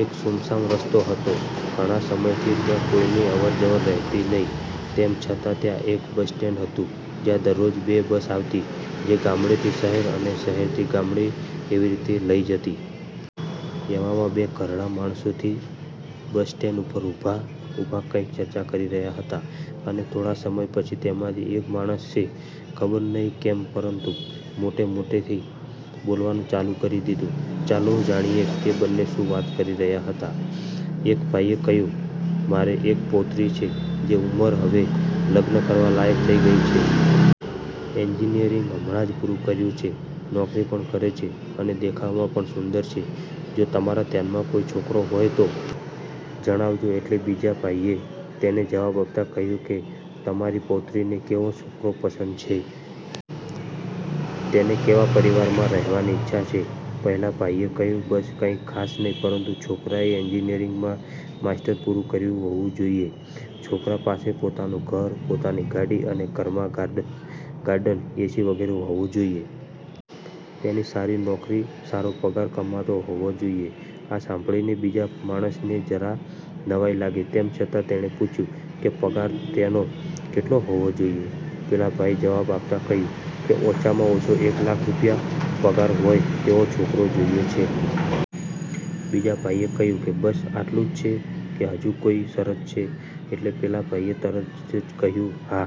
એક સુમસાન રસ્તો હતો. ઘણા સમયથી ત્યાં કોઈની અવરજવર રહેતી નહીં, તેમ છતાં ત્યાં એક બસ સ્ટેન્ડ હતું જ્યાં દરરોજ બે બસ આવતી જે ગામડે થી શહેર અને શહેરથી ગામડે એવી રીતે લઈ જતી. એવામાં બે ઘરડા માણસ થી બસ સ્ટેન્ડ પર ઉભા ઉભા કંઈક ચર્ચા કરી રહ્યા હતા, અને થોડા સમય પછી તેમાંથી એક માણસે ખબર નહીં કેમ પરંતુ મોટે મોટેથી બોલવાનું ચાલુ કરી દીધું. ચાલો જાણીએ તે બંને શું વાત કરી રહ્યા હતા, એક ભાઈએ કહ્યું કે મારૅ એક પૌત્રી છે, જેની ઉંમર હવે લગ્ન કરવા લાયક થઇ ગઇ છે. એન્જિનિયરિંગ હમણાં જ પૂરું કર્યું છે, નોકરી પણ કરે છે, અને દેખાવમાં પણ સુંદર છે. જો તમારા ધ્યાનમાં કોઈ છોકરો હોય તો જણાવજો. એટલે બીજા ભાઈએ તેને જવાબ આપતા કહ્યું કે તમારી પૌત્રીને કેવો છોકરો પસંદ છે? તેને કેવા પરિવારમાં રહેવાની ઈચ્છા છે? પહેલા ભાઈએ કહ્યું બસ કંઇ ખાસ નહીં પરંતુ છોકરાએ એન્જિનિયરિંગમાં માસ્ટર પૂરું કરેલું હોવું જોઈએ, છોકરા પાસે પોતાનું ઘર, પોતાની ગાડી અને ઘરમાં ગાર્ડન, એસી વગેરે હોવું જોઈએ. તેની સારી નોકરી, સારો પગાર કમાતો હોવો જોઈએ. આ સાંભળીને બીજા માણસને જરા નવાઈ લાગી તેમ છતાં તેને પૂછ્યું કે પગાર તેનો કેટલો હોવો જોઈએ? પહેલા ભાઈ જવાબ આપતા કહ્યું કે ઓછામાં ઓછો એક લાખ રૂપિયા પગાર હોય તેવો છોકરો જોઈએ છે. બીજા ભાઈએ કહ્યું કે બસ આટલું જ કે હજુ કોઈ શરત છે? એટલે પેલા ભાઇએ તરત જ કહ્યું હા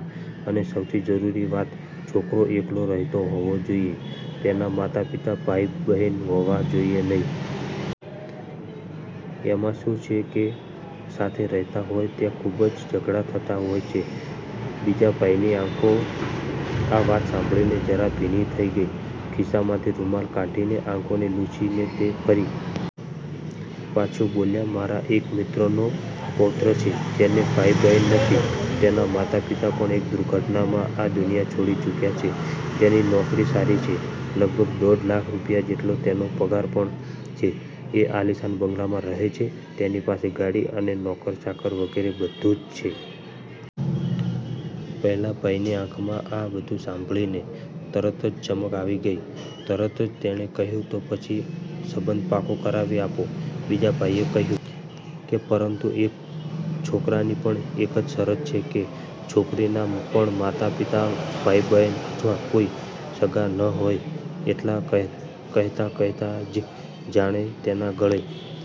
અને સૌથી જરૂરી વાત છોકરો એકલો રહેતો હોવો જોઈએ, તેના માતા-પિતા, ભાઈ બહેન હોવા જોઇએ નહીં. એમાં શું છે ને કે સાથે રહેતા હોય ત્યાં ખૂબ જ ઝઘડા થતા હોય છે. બીજા ભાઈની આંખો આ વાત સાંભળીને જરા ભીની થઈ ગઈ, ખિસ્સામાંથી રૂમાલ કાઢીને આંખોને લૂછી ને તે ફરી પાછું બોલ્યા મારા એક મિત્રનો પૌત્ર છે જેને ભાઈ બહેન નથી, તેના માતા-પિતા પણ એક દુર્ઘટનામાં આ દુનિયા છોડી ચૂક્યા છે, તેની નોકરી સારી છે, લગભગ દોઢ લાખ રૂપિયા જેટલો તેનો પગાર પણ છે, તે આલીશાન બંગલામાં રહે છે તેની પાસે ગાડી અને નોકર ચાકર વગેરે બધું જ છે. પહેલા ભાઈ ની આંખમાં આ બધું સાંભળીને તરત જ ચમક આવી ગઈ, તરત જ તેને કહ્યું તો પછી સંબંધ પાકો કરાવી આપો. બીજા ભાઈએ કહ્યું કે પરંતુ એ છોકરાની પણ એ જ શરત છે કે છોકરીના પણ માતા-પિતા, ભાઈ બહેન અથવા કોઈ સગા સંબંધી ન હોય. આટલું કહેતાં કહેતાં જ જાણે તેના ગળે